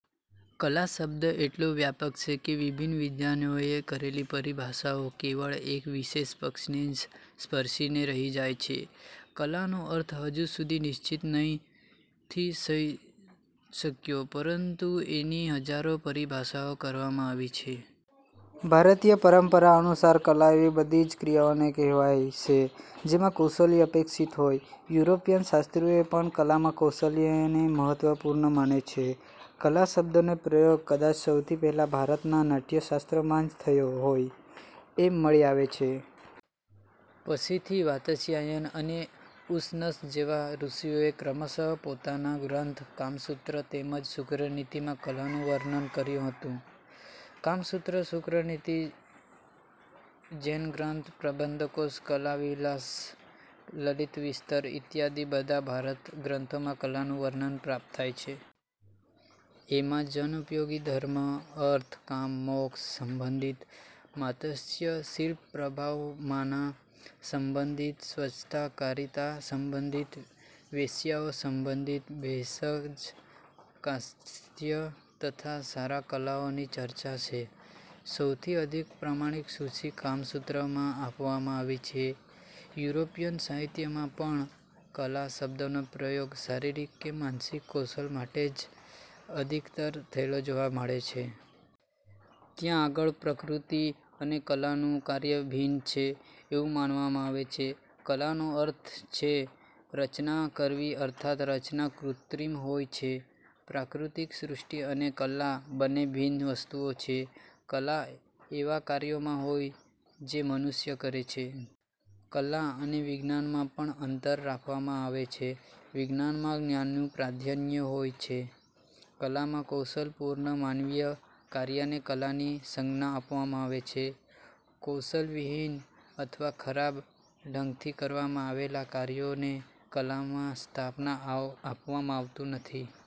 કલા શબ્દ એટલો વ્યાપક છે કે વિભિન્ન વિદ્વાનોએ કરેલી પરિભાષાઓ કેવળ એક વિશેષ પક્ષને જ સ્પર્શીને રહી જાય છે. કલાનો અર્થ હજુ સુધી નિશ્ચિત નઈ થી શક્યો, પરંતુ એની હજારો પરિભાષાઓ કરવામાં આવેલી છે. ભારતીય પરંપરા અનુસાર કલા એવી બધી જ ક્રિયાઓને કહેવાય છે, જેમાં કૌશલ્ય અપેક્ષિત હોય. યુરોપીય શાસ્ત્રીઓએ પણ કલામાં કૌશલ્યને મહત્વપૂર્ણ માને છે. કલા શબ્દનો પ્રયોગ કદાચ સૌથી પહેલાં ભરતના " નાટ્યશાસ્ત્ર "માં જ થયો હોય એમ મળી આવે છે. પછીથી વાત્સ્યાયન અને ઉશનસ જેવા ઋષિઓએ ક્રમશ: પોતાના ગ્રંથ " કામસૂત્ર " તેમ જ "શુક્રનીતિ"માં કલાનું વર્ણન કર્યું હતું. "કામસૂત્ર", "શુક્રનીતિ", જૈન ગ્રંથ "પ્રબંધકોશ", "કલાવિલાસ", "લલિતવિસ્તર" ઇત્યાદિ બધા ભારતીય ગ્રંથોમાં કલાનું વર્ણન પ્રાપ્ત થાય છે. એમાં જનોપયોગી, ધર્મ, અર્થ, કામ, મોક્ષ, સંબંધી, માત્સર્ય-શીલ-પ્રભાવમાન સંબંધી, સ્વચ્છકારિતા સંબંધી, વેશ્યાઓ સંબંધી, ભેષજ, કાયસ્થ તથા સાર કલાઓની ચર્ચા છે. સૌથી અધિક પ્રમાણિક સૂચી "કામસૂત્ર"માં આપવામાં આવેલી છે. યુરોપીયન સાહિત્યમાં પણ કલા શબ્દનો પ્રયોગ શારીરિક કે માનસિક કૌશલ માટે જ અધિકતર થયેલો જોવા મળે છે. ત્યાં આગળ પ્રકૃતિ અને કલાનું કાર્ય ભિન્ન છે એવું માનવામાં આવે છે. કલાનો અર્થ છે રચના કરવી અર્થાત્ રચના કૃત્રિમ હોય છે. પ્રાકૃતિક સૃષ્ટિ અને કલા બન્ને ભિન્ન વસ્તુઓ છે. કલા એવા કાર્યમાં હોય જે મનુષ્ય કરે છે. કલા અને વિજ્ઞાનમાં પણ અંતર રાખવામાં આવે છે. વિજ્ઞાનમાં જ્ઞાનનું પ્રાધાન્ય હોય છે, કલામાં કૌશલપૂર્ણ માનવીય કાર્યને કલાની સંજ્ઞા આપવામાં આવે છે. કૌશલવિહીન અથવા ખરાબ ઢંગથી કરવામાં આવેલા કાર્યોને કલામાં સ્થાપના આપવામાં આવતું નથી.